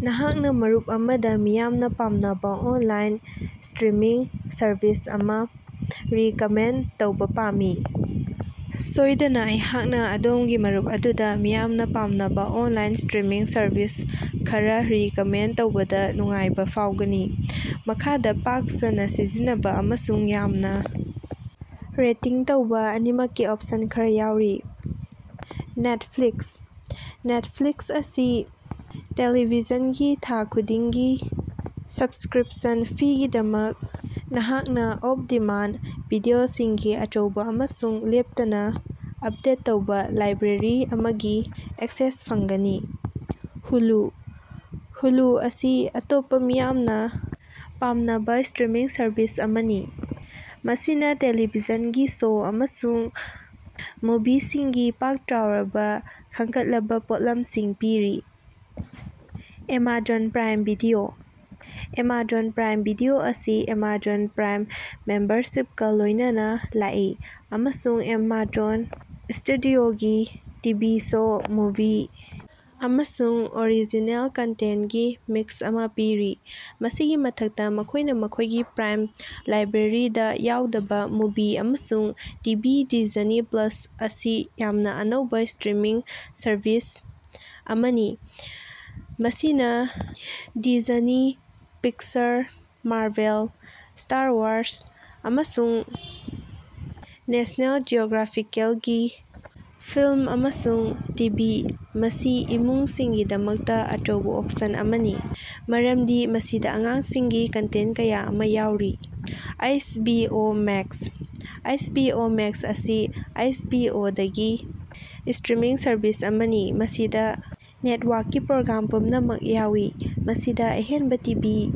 ꯅꯍꯥꯛꯅ ꯃꯔꯨꯞ ꯑꯃꯗ ꯃꯤꯌꯥꯝꯅ ꯄꯥꯝꯅꯕ ꯑꯣꯟꯂꯥꯏꯟ ꯁ꯭ꯇꯔꯤꯃꯤꯡ ꯁꯔꯚꯤꯁ ꯑꯃ ꯔꯤꯀꯃꯦꯟꯗ ꯇꯧꯕ ꯄꯥꯝꯃꯤ꯫ ꯁꯣꯏꯗꯅ, ꯑꯩꯍꯥꯛꯅ ꯑꯗꯣꯝꯒꯤ ꯃꯔꯨꯞ ꯑꯗꯨꯗ ꯃꯤꯌꯥꯝꯅ ꯄꯥꯝꯅꯕ ꯑꯣꯟꯂꯥꯏꯟ ꯁ꯭ꯇꯔꯤꯃꯤꯡ ꯁꯔꯚꯤꯁ ꯈꯔꯥ ꯔꯤꯀꯃꯦꯟꯗ ꯇꯧꯕꯗ ꯅꯨꯡꯉꯥꯏꯕ ꯐꯥꯎꯒꯅꯤ꯫ ꯃꯈꯥꯗ ꯄꯥꯛ ꯁꯟꯅꯥ ꯁꯤꯖꯤꯟꯅꯕ ꯑꯃꯁꯨꯡ ꯌꯥꯝꯅ ꯔꯦꯇꯤꯡ ꯇꯧꯕ ꯑꯅꯤꯃꯛꯀꯤ ꯑꯣꯞꯁꯟ ꯈꯔꯥ ꯌꯥꯎꯔꯤ, ꯅꯦꯠꯐ꯭ꯂꯤꯛꯁ - ꯅꯦꯠꯐ꯭ꯂꯤꯛꯁ ꯑꯁꯤ ꯇꯦꯂꯤꯚꯤꯖꯟꯒꯤ ꯊꯥ ꯈꯨꯗꯤꯡꯒꯤ ꯁꯕꯁꯀ꯭ꯔꯤꯞꯁꯟ ꯐꯤꯒꯤꯗꯃꯛ, ꯅꯍꯥꯛꯅ ꯑꯣꯟ-ꯗꯤꯃꯥꯟꯗ ꯚꯤꯗꯤꯑꯣꯁꯤꯡꯒꯤ ꯑꯆꯧꯕ ꯑꯃꯁꯨꯡ ꯂꯦꯞꯇꯅ ꯑꯞꯗꯦꯠ ꯇꯧꯕ ꯂꯥꯏꯕ꯭ꯔꯦꯔꯤ ꯑꯃꯒꯤ ꯑꯦꯛꯁꯦꯁ ꯐꯪꯒꯅꯤ꯫ ꯍꯨꯂꯨ - ꯍꯨꯂꯨ ꯑꯁꯤ ꯑꯇꯣꯞꯄ ꯃꯤꯌꯥꯝꯅ ꯄꯥꯝꯅꯕ ꯁ꯭ꯇꯔꯤꯃꯤꯡ ꯁꯔꯚꯤꯁ ꯑꯃꯅꯤ ꯃꯁꯤꯅ ꯇꯦꯂꯤꯚꯤꯖꯟꯒꯤ ꯁꯣ ꯑꯃꯁꯨꯡ ꯃꯨꯚꯤꯁꯤꯡꯒꯤ ꯄꯥꯛ ꯆꯥꯎꯔꯕ ꯈꯟꯒꯠꯂꯕ ꯄꯣꯠꯂꯝꯁꯤꯡ ꯄꯤꯔꯤ꯫ Amazon Prime video - Amazon Prime video ꯑꯁꯤ ꯑꯦꯃꯥꯖꯣꯟ ꯄ꯭ꯔꯥꯏꯝ ꯃꯦꯝꯕꯔꯁꯤꯞꯀ ꯂꯣꯏꯅꯅ ꯂꯥꯛꯏ, ꯑꯃꯁꯨꯡ ꯑꯦꯃꯥꯖꯣꯟ ꯁ꯭ꯇꯨꯗꯤꯑꯣꯗꯒꯤ ꯇꯤꯚꯤ ꯁꯣ, ꯃꯨꯚꯤ, ꯑꯃꯁꯨꯡ ꯑꯣꯔꯤꯖꯤꯅꯦꯜ ꯀꯟꯇꯦꯟꯇꯀꯤ ꯃꯤꯛꯁ ꯑꯃ ꯄꯤꯔꯤ꯫ ꯃꯁꯤꯒꯤ ꯃꯊꯛꯇ, ꯃꯈꯣꯏꯅ‌ ꯃꯈꯣꯏꯒꯤ ꯄ꯭ꯔꯥꯏꯝ ꯂꯥꯏꯕ꯭ꯔꯦꯔꯤꯗ ꯌꯥꯎꯗꯕ ꯃꯨꯚꯤ ꯑꯃꯁꯨꯡ ꯇꯤꯚꯤ ꯗꯤꯖꯅꯤ ꯄ꯭ꯂꯁ ꯑꯁꯤ ꯌꯥꯝꯅ ꯑꯅꯧꯕ ꯁ꯭ꯇꯔꯤꯃꯤꯡ ꯁꯔꯚꯤꯁ ꯑꯃꯅꯤ ꯃꯁꯤꯅ Disney, Pixar, Marvel, Star Wars, ꯑꯃꯁꯨꯡ ꯅꯦꯁ꯭ꯅꯦꯜ ꯖꯤꯑꯣꯒ꯭ꯔꯥꯐꯤꯀꯦꯜꯒꯤ ꯐꯤꯂꯝ ꯑꯃꯁꯨꯡ ꯇꯤꯚꯤ ꯃꯁꯤ ꯏꯃꯨꯡꯁꯤꯡꯒꯤꯗꯃꯛꯇ ꯑꯆꯧꯕ‌ ꯑꯣꯞꯁꯟ ꯑꯃꯅꯤ, ꯃꯔꯝꯗꯤ ꯃꯁꯤꯗ ꯑꯉꯥꯡꯁꯤꯡꯒꯤ ꯀꯟꯇꯦꯟꯇ ꯀꯌꯥ ꯑꯃ ꯌꯥꯎꯔꯤ꯫ H B O Max - H B O Max ꯑꯁꯤ ꯑꯩꯆ ꯕꯤ ꯑꯣ ꯗꯒꯤ ꯁ꯭ꯇꯔꯤꯃꯤꯡ ꯁꯔꯚꯤꯁ ꯑꯃꯅꯤ ꯃꯁꯤꯗ ꯅꯦꯠꯋꯥꯔꯛꯀꯤ ꯄ꯭ꯔꯣꯒ꯭ꯔꯥꯝ ꯄꯨꯝꯅꯃꯛ ꯌꯥꯎꯏ, ꯃꯁꯤꯗ ꯑꯍꯦꯟꯕ ꯇꯤꯚꯤ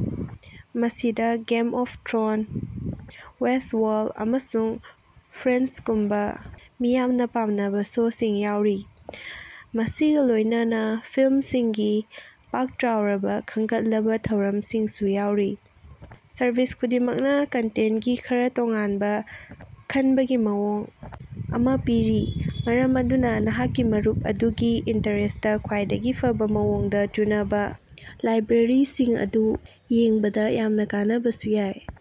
ꯃꯁꯤꯗ ꯒꯦꯝ ꯑꯣꯐ ꯊ꯭ꯔꯣꯟꯁ, ꯋꯦꯁ꯭ꯇꯋꯔꯜꯗ, ꯑꯃꯁꯨꯡ ꯐ꯭ꯔꯦꯟꯗꯁꯒꯨꯝꯕ ꯃꯤꯌꯥꯝꯅ ꯄꯥꯝꯅꯕ ꯁꯣꯁꯤꯡ ꯌꯥꯎꯔꯤ, ꯃꯁꯤꯒ ꯂꯣꯏꯅꯅ ꯐꯤꯂꯝꯁꯤꯡꯒꯤ ꯄꯥꯛ ꯆꯥꯎꯔꯕ ꯈꯟꯒꯠꯂꯕ ꯊꯧꯔꯝꯁꯤꯡꯁꯨ ꯌꯥꯎꯔꯤ꯫ ꯁꯔꯚꯤꯁ ꯈꯨꯗꯤꯡꯃꯛꯅ ꯀꯟꯇꯦꯟꯇꯀꯤ ꯈꯔꯥ ꯇꯣꯉꯥꯟꯕ ꯈꯟꯕꯒꯤ ꯃꯑꯣꯡ ꯑꯃ ꯄꯤꯔꯤ, ꯃꯔꯝ ꯑꯗꯨꯅ ꯅꯍꯥꯛꯀꯤ ꯃꯔꯨꯞ ꯑꯗꯨꯒꯤ ꯏꯟꯇ꯭ꯔꯦꯁꯠꯇꯥ ꯈ꯭ꯋꯥꯏꯗꯒꯤ ꯐꯕꯥ ꯃꯑꯣꯡꯗ ꯆꯨꯅꯕꯥ ꯂꯥꯏꯕ꯭ꯔꯦꯔꯤꯁꯤꯡ ꯑꯗꯨ ꯌꯦꯡꯕꯗ ꯌꯥꯝꯅ‌ ꯀꯥꯟꯅꯕꯁꯨ ꯌꯥꯏ꯫